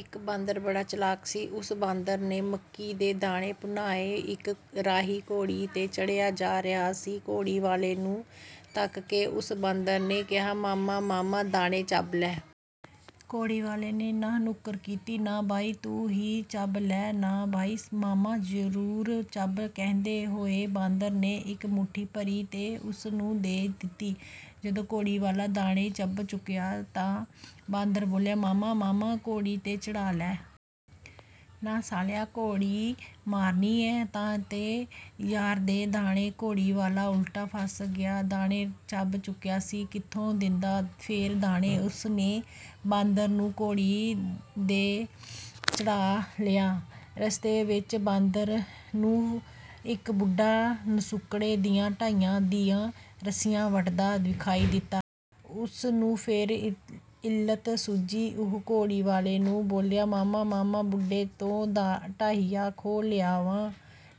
ਇੱਕ ਬਾਂਦਰ ਬੜਾ ਚਲਾਕ ਸੀ। ਓਸ ਬਾਂਦਰ ਨੇ ਮੱਕੀ ਦੇ ਦਾਣੇ ਭੁੰਨਾਏ। ਇੱਕ ਰਾਹੀ ਘੋੜੀ 'ਤੇ ਚੜ੍ਹਿਆ ਜਾ ਰਿਹਾ ਸੀ। ਘੋੜੀ ਵਾਲੇ ਨੂੰ ਤੱਕ ਕੇ ਓਸ ਬਾਂਦਰ ਨੇ ਕਿਹਾ, "ਮਾਮਾ, ਮਾਮਾ, ਦਾਣੇ ਚੱਬ ਲੈ।" ਘੋੜੀ ਵਾਲੇ ਨੇ ਨਾਂਹ-ਨੁੱਕਰ ਕੀਤੀ, "ਨਾ ਬਈ, ਤੂੰ ਹੀ ਚੱਬ ਲੈ।" "ਨਾ ਬਈ ਮਾਮਾ, ਜ਼ਰੂਰ ਚੱਬ," ਕਹਿੰਦੇ ਹੋਏ ਬਾਂਦਰ ਨੇ ਇੱਕ ਮੁੱਠੀ ਭਰੀ ਤੇ ਓਸ ਨੂੰ ਦੇ ਦਿੱਤੀ। ਜਦੋਂ ਘੋੜੀ ਵਾਲਾ ਦਾਣੇ ਚੱਬ ਚੁੱਕਿਆ ਤਾਂ ਬਾਂਦਰ ਬੋਲਿਆ, "ਮਾਮਾ, ਮਾਮਾ, ਘੋੜੀ 'ਤੇ ਚੜ੍ਹਾ ਲੈ।" "ਨਾ ਸਾਲਿਆ, ਘੋੜੀ ਮਾਰਨੀ ਐਂ।" "ਤਾਂ ਦੇ ਯਾਰ ਦੇ ਦਾਣੇ।" ਘੋੜੀ ਵਾਲਾ ਉਲਟਾ ਫਸ ਗਿਆ। ਦਾਣੇ ਚੱਬ ਚੁੱਕਿਆ ਸੀ, ਕਿੱਥੋਂ ਦਿੰਦਾ ਫੇਰ ਦਾਣੇ? ਓਸ ਨੇ ਬਾਂਦਰ ਨੂੰ ਘੋੜੀ 'ਤੇ ਚੜ੍ਹਾ ਲਿਆ। ਰਸਤੇ ਵਿੱਚ ਬਾਂਦਰ ਨੂੰ ਇੱਕ ਬੁੱਢਾ ਨਸੁੱਕੜੇ ਦੀਆਂ ਢਾਈਆਂ ਦੀਆਂ ਰੱਸੀਆਂ ਵੱਟਦਾ ਵਿਖਾਈ ਦਿੱਤਾ। ਉਸ ਨੂੰ ਫੇਰ ਇਲਤ ਸੁੱਝੀ। ਉਹ ਘੋੜੀ ਵਾਲੇ ਨੂੰ ਬੋਲਿਆ, "ਮਾਮਾ, ਮਾਮਾ, ਬੁੱਢੇ ਤੋਂ ਢਾਈਆਂ ਖੋਹ ਲਿਆਵਾਂ।"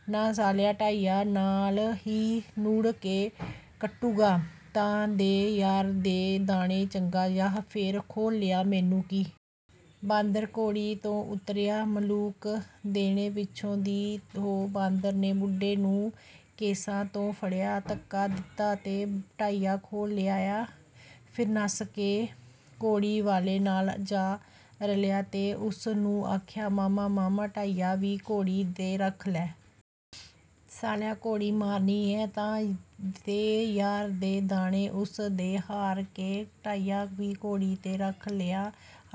"ਨਾ ਸਾਲਿਆ, ਢਾਈਆਂ ਨਾਲ ਹੀ ਨੂੜ ਕੇ ਕੁੱਟੂਗਾ?" "ਤਾਂ ਦੇ ਯਾਰ ਦੇ ਦਾਣੇ।" "ਚੰਗਾ, ਜਾਹ ਫੇਰ ਖੋਹ ਲਿਆ, ਮੈਨੂੰ ਕੀ।" ਬਾਂਦਰ ਘੋੜੀ ਤੋਂ ਉਤਰਿਆ। ਮਲੂਕ ਦੇਣੇ ਪਿੱਛੋਂ ਦੀ ਹੋ ਬਾਂਦਰ ਨੇ ਬੁੱਢੇ ਨੂੰ ਕੇਸਾਂ ਤੋਂ ਫੜਿਆ, ਧੱਕਾ ਦਿੱਤਾ ਤੇ ਢਾਈਆਂ ਖੋਹ ਲਿਆਇਆ। ਫਿਰ ਨੱਸ ਕੇ ਘੋੜੀ ਵਾਲੇ ਨਾਲ ਜਾ ਰਲਿਆ ਤੇ ਓਸ ਨੂੰ ਆਖਿਆ, "ਮਾਮਾ, ਮਾਮਾ, ਢਾਈਆਂ ਵੀ ਘੋੜੀ 'ਤੇ ਰਖਾ ਲੈ।" "ਸਾਲਿਆ, ਘੋੜੀ ਮਾਰਨੀ ਐਂ।" "ਤਾਂ ਦੇ ਯਾਰ ਦੇ ਦਾਣੇ।" ਓਸ ਨੇ ਹਾਰ ਕੇ ਢਾਈਆਂ ਵੀ ਘੋੜੀ 'ਤੇ ਰੱਖ ਲਈਆਂ।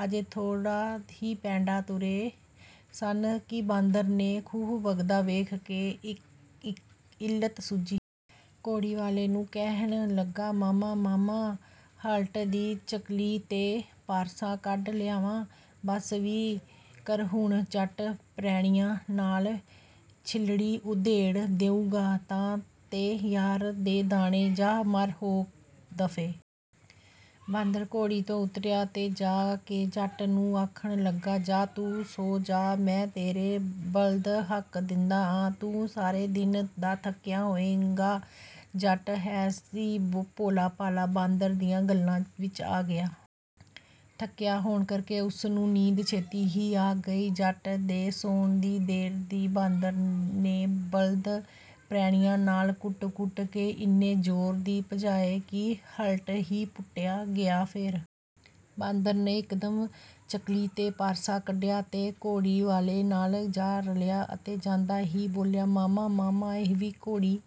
ਅਜੇ ਥੋੜ੍ਹਾ ਹੀ ਪੈਂਡਾ ਤੁਰੇ ਸਨ ਕਿ ਬਾਂਦਰ ਨੂੰ ਖੂਹ ਵਗਦਾ ਵੇਖ ਕੇ ਇਲਤ ਸੁੱਝੀ। ਘੋੜੀ ਵਾਲੇ ਨੂੰ ਕਹਿਣ ਲੱਗਾ, "ਮਾਮਾ, ਮਾਮਾ, ਹਲਟ ਦੀ ਚੱਕਲੀ ਤੇ ਪਾਰਸਾ ਕੱਢ ਲਿਆਵਾਂ।" "ਬਸ ਵੀ ਕਰ ਹੁਣ। ਜੱਟ ਪਰੈਣੀਆਂ ਨਾਲ ਛਿਲੜੀ ਉਧੇੜ ਦਊਗਾ।" "ਤਾਂ ਦੇ ਯਾਰ ਦੇ ਦਾਣੇ।" "ਜਾਹ ਮਰ ਹੋ ਦਫੇ।" ਬਾਂਦਰ ਘੋੜੀ ਤੋਂ ਉਤਰਿਆ ਤੇ ਜਾ ਕੇ ਜੱਟ ਨੂੰ ਆਖਣ ਲੱਗਾ, "ਜਾਹ, ਤੂੰ ਸੌਂ ਜਾ। ਮੈਂ ਤੇਰੇ ਬਲਦ ਹੱਕ ਦਿੰਦਾ ਆਂ। ਤੂੰ ਸਾਰੇ ਦਿਨ ਦਾ ਥੱਕਿਆ ਹੋਏਂਗਾ।" ਜੱਟ ਹੈ ਸੀ ਭੋਲਾ-ਭਾਲਾ। ਬਾਂਦਰ ਦੀਆਂ ਗੱਲਾਂ ਵਿੱਚ ਆ ਗਿਆ। ਥੱਕਿਆ ਹੋਣ ਕਰਕੇ ਓਸ ਨੂੰ ਨੀਂਦ ਛੇਤੀ ਹੀ ਆ ਗਈ। ਜੱਟ ਦੇ ਸੌਣ ਦੀ ਦੇਰ ਸੀ, ਬਾਂਦਰ ਨੇ ਬਲਦ ਪਰੈਣੀਆਂ ਨਾਲ ਕੁੱਟ-ਕੁੱਟ ਕੇ ਇੰਨੇ ਜ਼ੋਰ ਦੀ ਭਜਾਏ ਕਿ ਹਲਟ ਹੀ ਪੁੱਟਿਆ ਗਿਆ। ਫੇਰ ਬਾਂਦਰ ਨੇ ਇੱਕਦਮ ਚੱਕਲੀ ਤੇ ਪਾਰਸਾ ਕੱਢਿਆ ਤੇ ਘੋੜੀ ਵਾਲੇ ਨਾਲ ਜਾ ਰਲਿਆ ਅਤੇ ਜਾਂਦਾ ਹੀ ਬੋਲਿਆ, "ਮਾਮਾ, ਮਾਮਾ, ਇਹ ਵੀ ਘੋੜੀ